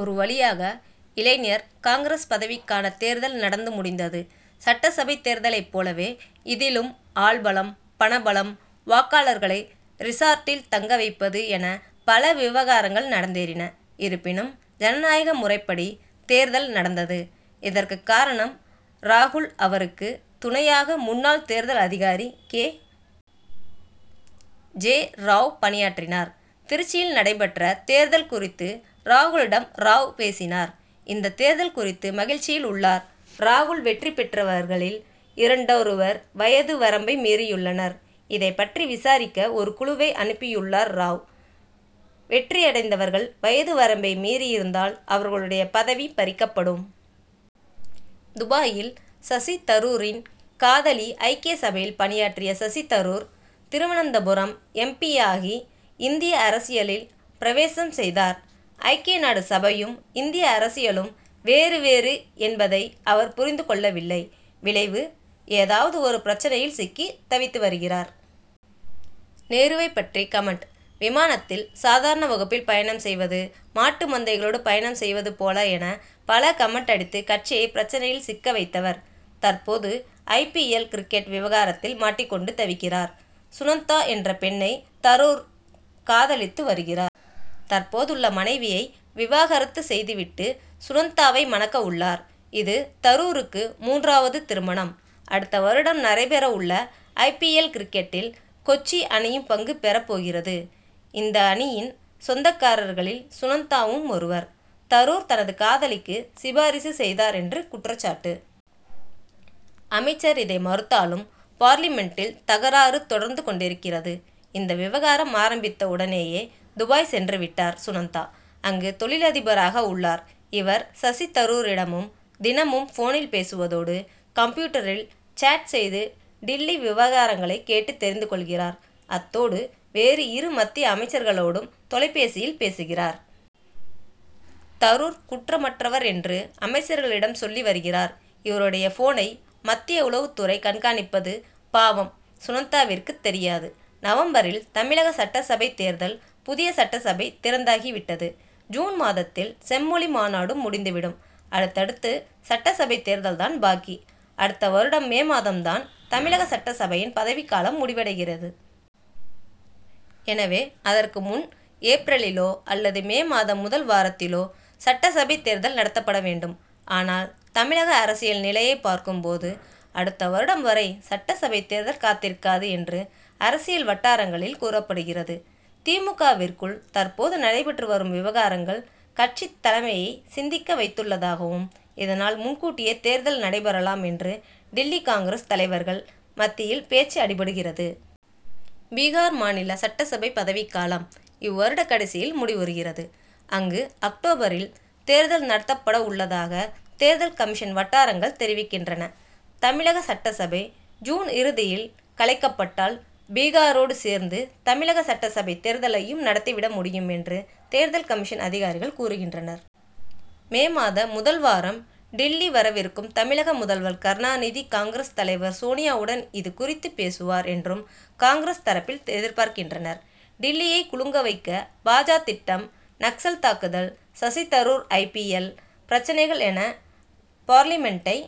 ஒரு வழியாக, இளைஞர் காங்கிரஸ் பதவிக்கான தேர்தல் நடந்து முடிந்தது. சட்டசபை தேர்தலைப் போலவே இதிலும், ஆள்பலம், பணபலம், வாக்காளர்களை ரிசார்ட்டில் தங்க வைப்பது என, பல விவகாரங்கள் நடந்தேறின. இருப்பினும், ஜனநாயக முறைப்படி தேர்தல் நடந்தது. இதற்குக் காரணம் ராகுல். அவருக்கு துணையாக, முன்னாள் தேர்தல் அதிகாரி கே. ஜே. ராவ் பணியாற்றினார். திருச்சியில் நடைபெற்ற, தேர்தல் குறித்து ராகுலிடம் ராவ் பேசினார். இந்த தேர்தல் குறித்து, மகிழ்ச்சியில் உள்ளார் ராகுல். வெற்றி பெற்றவர்களில் இரண்டொருவர், வயது வரம்பை மீறியுள்ளனர். இதைப் பற்றி விசாரிக்க ஒரு குழுவை, அனுப்பியுள்ளார் ராவ். வெற்றியடைந்தவர்கள் வயது வரம்பை மீறியிருந்தால், அவர்களுடைய பதவி பறிக்கப்படும். துபாயில் சசி தரூரின் காதலி ஐக்கிய சபையில் பணியாற்றிய சசி தரூர், திருவனந்தபுரம் எம். பி.,யாகி இந்திய அரசியலில் பிரவேசம் செய்தார். ஐ. நா., சபையும், இந்திய அரசியலும் வேறு, வேறு என்பதை அவர் புரிந்து கொள்ளவில்லை. விளைவு, ஏதாவது ஒரு பிரச்னையில் சிக்கி தவித்து வருகிறார். நேருவைப் பற்றி கமென்ட், விமானத்தில் சாதாரண வகுப்பில் பயணம் செய்வது, மாட்டு மந்தைகளோடு பயணம் செய்வது போல என, பல கமென்ட் அடித்து கட்சியை பிரச்னையில் சிக்க வைத்தவர். தற்போது, ஐ. பி. எல். கிரிக்கெட் விவகாரத்தில் மாட்டிக் கொண்டு தவிக்கிறார். சுனந்தா என்ற பெண்ணை, தரூர் காதலித்து வருகிறார். தற்போதுள்ள மனைவியை விவாகரத்து செய்துவிட்டு, சுனந்தாவை மணக்க உள்ளார். இது, தரூருக்கு மூன்றாவது திருமணம். அடுத்த வருடம் நடைபெற உள்ள ஐ. பி. எல்., கிரிக்கெட்டில் கொச்சி அணியும், பங்கு பெறப்போகிறது. இந்த அணியின் சொந்தக்காரர்களில், சுனந்தாவும் ஒருவர். தரூர் தனது காதலிக்கு, சிபாரிசு செய்தார் என்று, குற்றச்சாட்டு. அமைச்சர் இதை மறுத்தாலும், பார்லிமென்ட்டில் தகராறு தொடர்ந்து கொண்டிருக்கிறது. இந்த விவகாரம் ஆரம்பித்த உடனேயே, துபாய் சென்றுவிட்டார் சுனந்தா. அங்கு, தொழிலதிபராக உள்ளார் இவர். சசி தரூரிடமும் தினமும் போனில் பேசுவதோடு, கம்ப்யூட்டரில் சேட் செய்து டில்லி விவகாரங்களை கேட்டு தெரிந்து கொள்கிறார். அத்தோடு, வேறு இரு மத்திய அமைச்சர்களோடும் தொலைபேசியில் பேசுகிறார். தரூர் குற்றமற்றவர் என்று, அமைச்சர்களிடம் சொல்லி வருகிறார். இவருடைய போனை, மத்திய உளவுத் துறை கண்காணிப்பது, பாவம் சுனந்தாவிற்கு தெரியாது. நவம்பரில் தமிழக சட்டசபை தேர்தல்? புதிய சட்டசபை திறந்தாகிவிட்டது. ஜூன் மாதத்தில் செம்மொழி மாநாடும் முடிந்துவிடும். அடுத்தது சட்டசபைத் தேர்தல்தான் பாக்கி. அடுத்த வருடம் மே மாதம் தான், தமிழக சட்டசபையின் பதவிக்காலம் முடிவடைகிறது. எனவே, அதற்கு முன் ஏப்ரலிலோ அல்லது மே மாத முதல் வாரத்திலோ, சட்டசபை தேர்தல் நடத்தப்பட வேண்டும். ஆனால், தமிழக அரசியல் நிலையைப் பார்க்கும் போது, அடுத்த வருடம் வரை சட்டசபை தேர்தல் காத்திருக்காது என்று, அரசியல் வட்டாரங்களில் கூறப்படுகிறது. தி. மு. க.,விற்குள், தற்போது நடைபெற்று வரும் விவகாரங்கள், கட்சித் தலைமையை சிந்திக்க வைத்துள்ளதாகவும், இதனால், முன்கூட்டியே தேர்தல் நடைபெறலாம் என்று, டில்லி காங்கிரஸ் தலைவர்கள் மத்தியில் பேச்சு அடிபடுகிறது. பீகார் மாநில சட்டசபை பதவிக்காலம், இவ்வருட கடைசியில் முடிவுறுகிறது. அங்கு அக்டோபரில், தேர்தல் நடத்தப்பட உள்ளதாக, தேர்தல் கமிஷன் வட்டாரங்கள் தெரிவிக்கின்றன. தமிழக சட்டசபை ஜூன் இறுதியில் கலைக்கப்பட்டால், பீகாரோடு சேர்ந்து தமிழக சட்டசபை தேர்தலையும், நடத்தி விட முடியும் என்று, தேர்தல் கமிஷன் அதிகாரிகள் கூறுகின்றனர். மே மாத முதல் வாரம் டில்லி வரவிருக்கும் தமிழக முதல்வர் கருணாநிதி, காங்கிரஸ் தலைவர் சோனியாவுடன் இது குறித்து பேசுவார் என்றும், காங்கிரஸ் தரப்பில் எதிர்பார்க்கின்றனர். டில்லியை குலுங்க வைக்க பா. ஜ., திட்டம் நக்சல் தாக்குதல், Shashi Tharoor I. P. L., பிரச்னைகள் என பார்லிமென்ட்டை